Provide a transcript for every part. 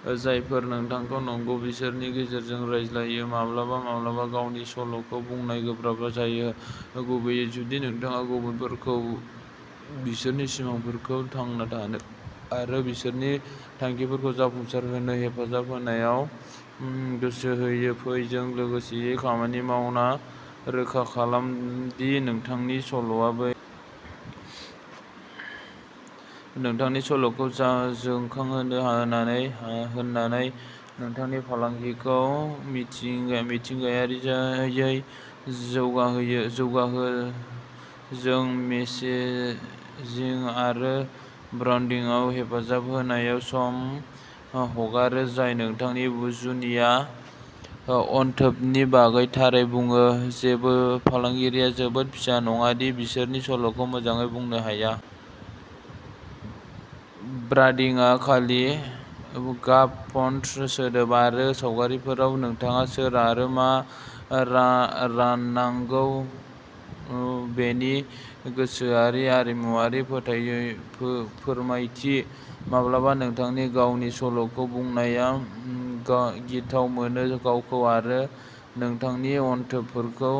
जायफोरा नोंथांखौ नांगौ बिसोरनि गोसोजों रायज्लायो। माब्लाबा माब्लाबा गावनि सल'खौ बुंनाया गोब्राब जायो, गुबैयै जुदि नोंथाङा गुबुनफोरखौ बिसोरनि सिमांफोरखौ थांना थानो आरो बिसोरनि थांखिफोरखौ जाफुंसारहोनो हेफाजाब होनायाव गोसो होयो। फै जों लोगोसेयै खामानि मावना रोखा खालाम दि नोंथांनि सल'आ बैसोरसिम सौहैयो जाय नोंथांजों खामानि मावनायनिफ्राय मुलाम्फा जागोन। नोंथांनि सल'खौ जोंखांहोनो होनानै नोंथांनि फालांगिखौ मिथिंगायारियै जौगाहो। जों मेसेजिं आरो ब्रान्डिंआव हेफाजाब होनायाव सम हगारो जाय नोंथांनि जुनिया अनथोबनि बागै थारै बुङो। जेबो फालांगिया जोबोद फिसा नङा दि बिसोरनि सल'खौ मोजाङै बुंनो हाया। ब्रान्डिंआ खालि गाब, फन्ट, सोदोब आरो सावगारिफोराव नोंथाङा सोर आरो मा राननांगौ बेनि गोसोआरि आरिमुवारि फोरमायथि। माब्लाबा नोंथांनि गावनि सल'खौ बुंनाया गिथाव मोनो। गावखौ आरो नोंथांनि अनथोबफोरखौ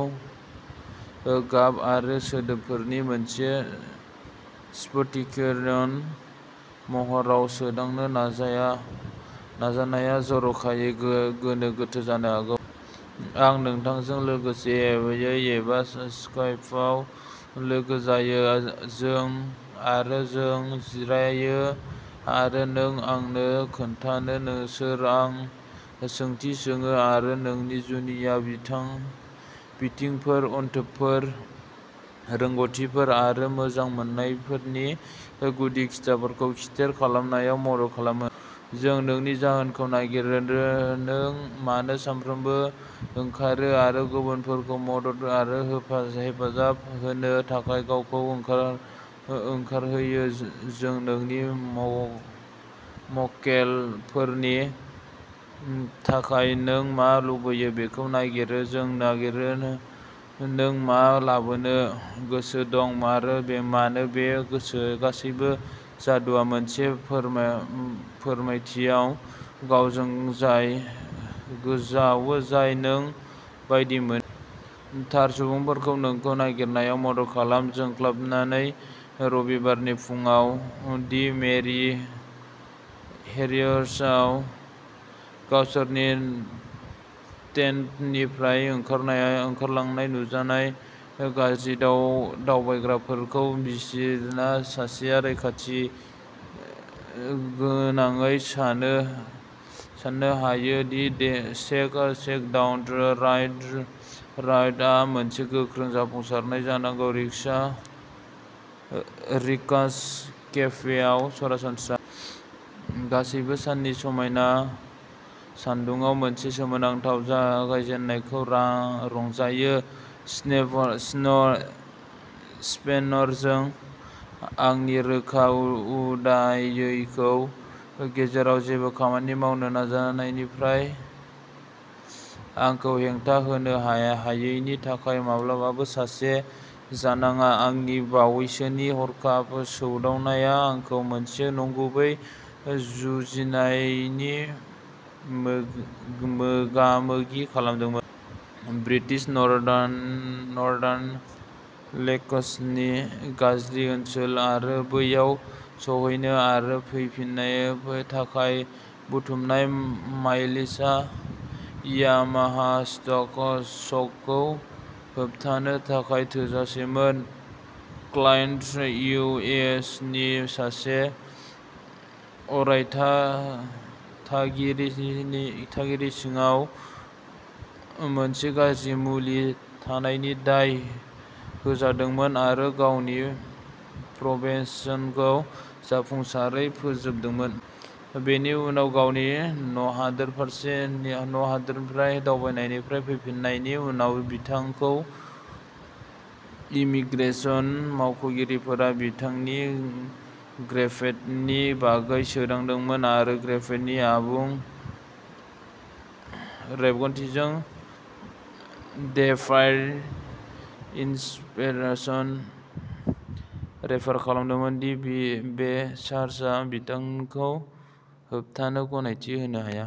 गाब आरो सोदोबफोरनि मोनसे स्फटिकीकरण महराव सोदांनो नाजानाया जर'खायै गोनो गोथो जानो हागौ। आं नोंथांजों लोगोयै एबा स्काइपआव लोगो जायो। जों आरो जों जिरायो आरो नों आंनो खोन्था नों सोर आं सोंथि सोङो आरो नोंनि जुनिया बिथिंफोर, अनथोबफोर, रोंग'थिफोर आरो मोजांमोननायफोरनि गुदि खिथाफोरखौ खिथेर खालामनायाव मदद खालामो। जों नोंनि जाहोनखौ नागिरो। नों मानो सानफ्रोमबो ओंखारो आरो गुबुनफोरखौ मदद आरो हेफाजाब होनो थाखाय गावखौ ओंखारहोयो जों नोंनि मक्केलफोरनि थाखाय नों मा लुबैयो बेखौ नागिरो। जों नागिरो नों मा लाबोनो गोसो दं आरो मानो बे गासैबो जादुआ मोनसे फोरमायथियाव गोजावो जाय नों बायदि मोनो आरो नोंनि अनथोबफोरखौ मुलुगाव गोसारहोयो। थार सुबुंफोरखौ नोंखौ नागिरनायाव मदद खालाम, जोंख्लाबनानै रबिबारनि फुंआव दि मेरि हेरियर्सआव गावसोरनि टेन्टनिफ्राय ओंखारलांनाय नुजानाय गाज्रि दावबायग्राफोरखौ बिजिरना सासेया रैखाथिगोनाङै सान्नो हायो दि शेक डाउन राइड आ मोनसे गोख्रों जाफुंसारनाय जानांगौ। रिकास केफेआव सरासनस्रा जानायनि उनाव जानाय लोगो मोनलायनाया जोंखौ नुदोंमोन। गासैबो साननि समायना सानदुंआव मोनसे सोमोनांथाव जागायजेन्नायखौ रंजायो। स्पेनरजों आंनि रोखा उदायैखौ गेरेजाव जेबो खामानि मावनो नाजानायनिफ्राय आंखौ हेंथा होनो हायैनि थाखाय माब्लाबाबो सासे जानाङा, आंनि बावैसोनि हरखाब सौदावनाया आंखौ मोनसे नंगुबै जुजिनायनि मोगामोगि खालामदों। ब्रिटिश नर्दार्न लेकसनि गाज्रि ओनसोल आरो बैयाव सौहैनो आरो फैफिननो थाखाय बुथुमनाय माइलेजआ यामाहा स्टक शकखौ होबथानो थाखाय थोजासेमोन। क्लायन्ट, इउ एस नि सासे अरायथा थागिरि, सिगाङाव मोनसे गाज्रि मुलि थानायनि दाय होजादोंमोन आरो गावनि प्रबेशनखौ जाफुंसारै फोजोबदोंमोन। बेनि उनाव, गावनि न'हादोरनिफ्राय दावबायनायनिफ्राय फैफिन्नायनि उनाव, बिथांखौ इमिग्रेशन मावख'गिरिफोरा बिथांनि ग्रेप्तेननि बागै सोंदोंमोन आरो ग्रेप्तेननि आबुं रेबगान्थिजों डेफार्ड इन्सपेक्शननो रेफार खालामदोंमोन दि बे चार्जआ बिथांखौ हाबनो गनायथि होनो हाया।